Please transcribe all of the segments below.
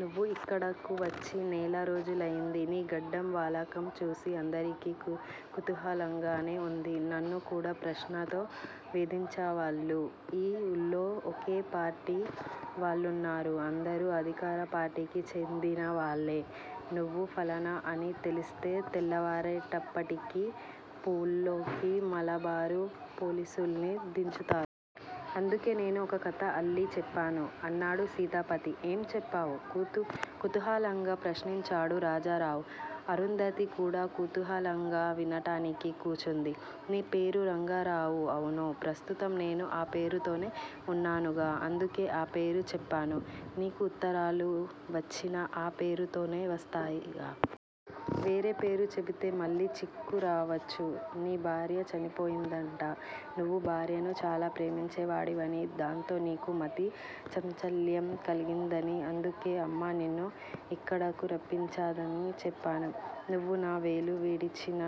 నువ్వు ఇక్కడకు వచ్చి నెల రోజులయింది. నీ గడ్డం వాలకం చూసి అందరికీ కుతూహలంగానే వుంది. నన్ను కూడా ప్రశ్నలతో వేధించేవాళ్ళు. ఈ ఊళ్ళో ఒకే పార్టీ వాళ్ళున్నారు. అందరూ అధికార పార్టీకి చెందిన వాళ్ళే. నువ్వు ఫలానా అని తెలిస్తే తెల్లవారేటప్పటికి వూళ్ళోకి మలబారు పోలీసుల్ని దించుతారు. అందుకే నేను ఒక కథ అల్లి చెప్పాను అన్నాడు సీతాపతి. ఏం చెప్పావు? కుతూహలంగా ప్రశ్నించాడు రాజారావు. అరుంధతి కూడా కుతూహలంగా వినటానికి కూచుంది. నీ పేరు రంగారావు. అవును, ప్రస్తుతం నేను ఆ పేరుతోనే ఉన్నానుగా. అందుకే ఆ పేరు చెప్పాను. నీకు ఉత్తరాలు వచ్చినా ఆ పేరు తోనే వస్తాయిగా! వేరే పేరు చెబితే మళ్ళీ చిక్కురావచ్చు. నీ భార్య చనిపోయిందట. నువ్వు భార్యను చాలా ప్రేమించేవాడివనీ, దాంతో నీకు మతి చాంచల్యం కలిగిందనీ, అందుకే అమ్మ నిన్ను ఇక్కడకు రప్పించిందనీ చెప్పాను. నువ్వు నా వేలు విడిచిన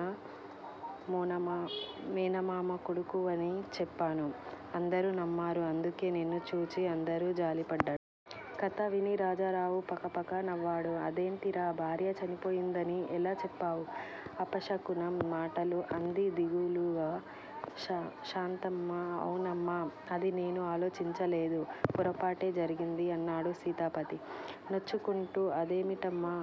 మేనమామ కొడుకువనీ చెప్పాను. అందరూ నమ్మారు. అందుకే నిన్ను చూచి అందరూ జాలిపడటం. కథ విని రాజారావు పక పకా నవ్వాడు. అదేంటిరా, భార్య చనిపోయిందని ఎలా చెప్పావు? అపశకునం మాటలు? అంది దిగులుగా శాంతమ్మ. అవునమ్మా! అది నేను ఆలోచించలేదు. పొరపాటే జరిగింది అన్నాడు సీతాపతి నొచ్చుకుంటూ. అదేమిటమ్మా?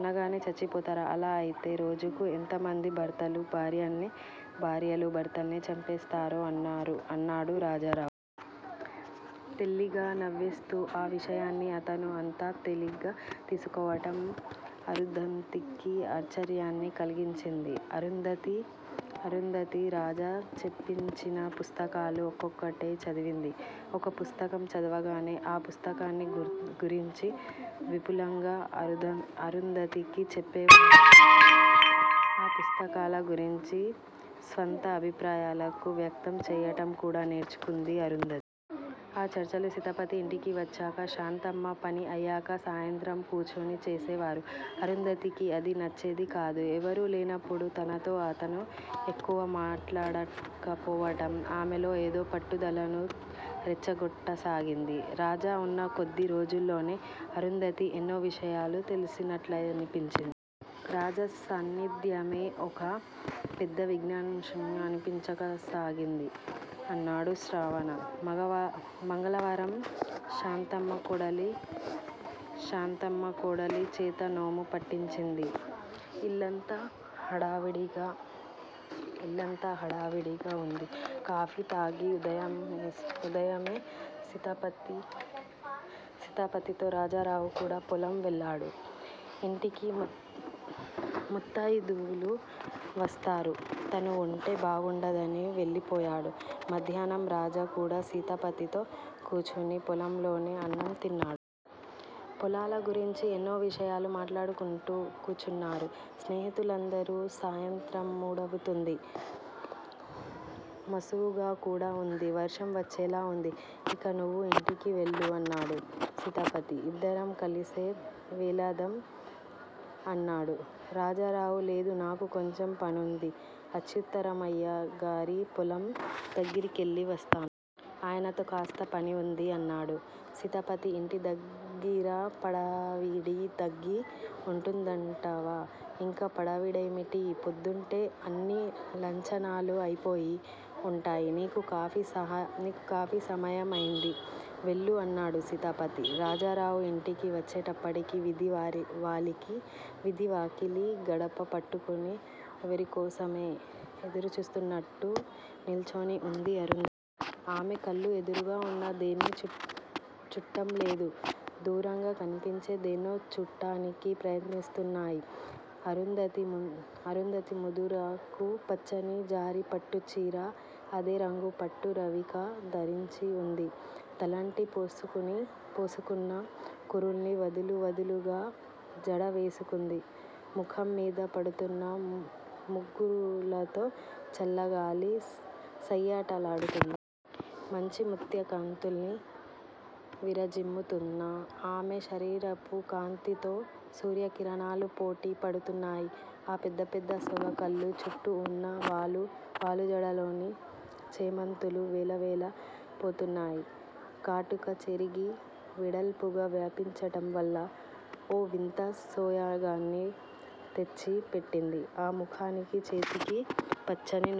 అనగానే చచ్చిపోతారా! అలా అయితే రోజుకు ఎంతమంది భర్తలు భార్యల్నీ, భార్యలు భర్తల్నీ చంపేస్తారో అన్నాడు రాజారావు! తేలిగ్గా నవ్వేస్తూ. ఆ విషయాన్ని అతను అంత తేలిగ్గా తీసుకోవటం అరుంధతికి ఆశ్చర్యాన్నే కలిగించింది. అరుంధతి రాజా తెప్పించిన పుస్తకాలు ఒక్కొక్కటే చదివింది. ఒక పుస్తకం చదవగానే ఆ పుస్తకాన్ని గురించి విపులంగా అరుంధతికి చెప్పేవాడు. ఆ పుస్తకాల గురించి స్వంత అభిప్రాయాలను వ్యక్తం చెయ్యటం కూడా నేర్చుకుంది అరుంధతి. ఆ చర్చలు సీతాపతి ఇంటికి వచ్చాక శాంతమ్మ పని అయ్యాక సాయంత్రం కూచుని చేసేవారు. అరుంధతికి అది నచ్చేది కాదు. ఎవరూ లేనప్పుడు తనతో అతను ఎక్కువ మాట్లాడక పోవటం ఆమెలో ఏదో పట్టుదలను రెచ్చగొట్ట సాగింది. రాజా ఉన్న కొద్ది రోజుల్లోనే అరుంధతికి ఎన్నో విషయాలు తెలిసినట్లనిపించింది. రాజా సాన్నిధ్యమే ఒక పెద్ద విజ్ఞానకోశం అనిపించసాగింది. ఆనాడు శ్రావణ మంగళవారం. శాంతమ్మ, కోడలి చేత నోము పట్టించింది. ఇల్లంతా హడావిడిగా వుంది. కాఫీ తాగి ఉదయమే సీతాపతితో రాజారావు కూడా పొలం వెళ్ళాడు. ఇంటికి ముత్తయిదువులు వస్తారు. తను వుంటే బాగుండదని వెళ్ళిపోయాడు. మధ్యాహ్నం రాజా కూడా సీతాపతితో కూచుని పొలంలోనే అన్నం తిన్నాడు. పొలాల గురించి ఎన్నో విషయాలు మాట్లాడుకుంటూ కూచున్నారు స్నేహితులిద్దరు. సాయంత్రం మూడవుతుంది. మసువుగా కూడా వుంది. వర్షం వచ్చేలా వుంది. ఇక నువ్వు ఇంటికి వెళ్ళు అన్నాడు సీతాపతి. ఇద్దరం కలిసే వెళదాం అన్నాడు రాజారావు. లేదు నాకు కొంచెం పనుంది. అచ్యుతరామయ్యగారి పొలం దగ్గిరకెళ్ళివస్తాను. ఆయనతో కాస్త పనివుంది అన్నాడు సీతాపతి. ఇంటి దగ్గిర హడావిడి తగ్గి వుంటుందంటావా? ఇంకా హడావిడేమిటి? పొద్దుటే అన్ని లాంఛనాలూ అయిపోయి వుంటాయి. నీకు కాఫీ సమయం అయింది వెళ్ళు అన్నాడు సీతాపతి. రాజారావు ఇంటికి వచ్చేటప్పటికి వీధి వాకిలి గడప పట్టుకుని ఎవరికోసమో ఎదురుచూస్తున్నట్టు నిల్చొని ఉంది అరుంధతి. ఆమె కళ్ళు ఎదురుగా ఉన్న దేన్నీ చూట్టంలేదు. దూరంగా కనిపించే దేన్నో చూట్టానికి ప్రయత్నిస్తున్నాయి. అరుంధతి ముదురాకు పచ్చని జరీ పట్టుచీర, అదే రంగు పట్టు రవికా ధరించి ఉంది. తలంటి పోసుకున్న కురుల్ని వదులు వదులుగా జడ వేసుకుంది. ముఖం మీద పడుతున్న ముంగురులతో చల్లగాలి సయ్యాటలాడుతూంది. మంచి ముత్యపు కాంతుల్ని విరజిమ్ముతున్న ఆమె శరీరపు కాంతితో సూర్యకిరణాలు పోటీ పడుతున్నాయి. ఆ పెద్ద పెద్ద సోగ కళ్ళు చుట్టూ వున్న వాలు జడలోని చేమంతులు వెలవెల పోతున్నాయి. కాటుక చెరిగి వెడల్పుగా వ్యాపించటం వల్ల ఓ వింత సోయగాన్ని తెచ్చి పెట్టింది ఆ ముఖానికి. చేతికి పచ్చని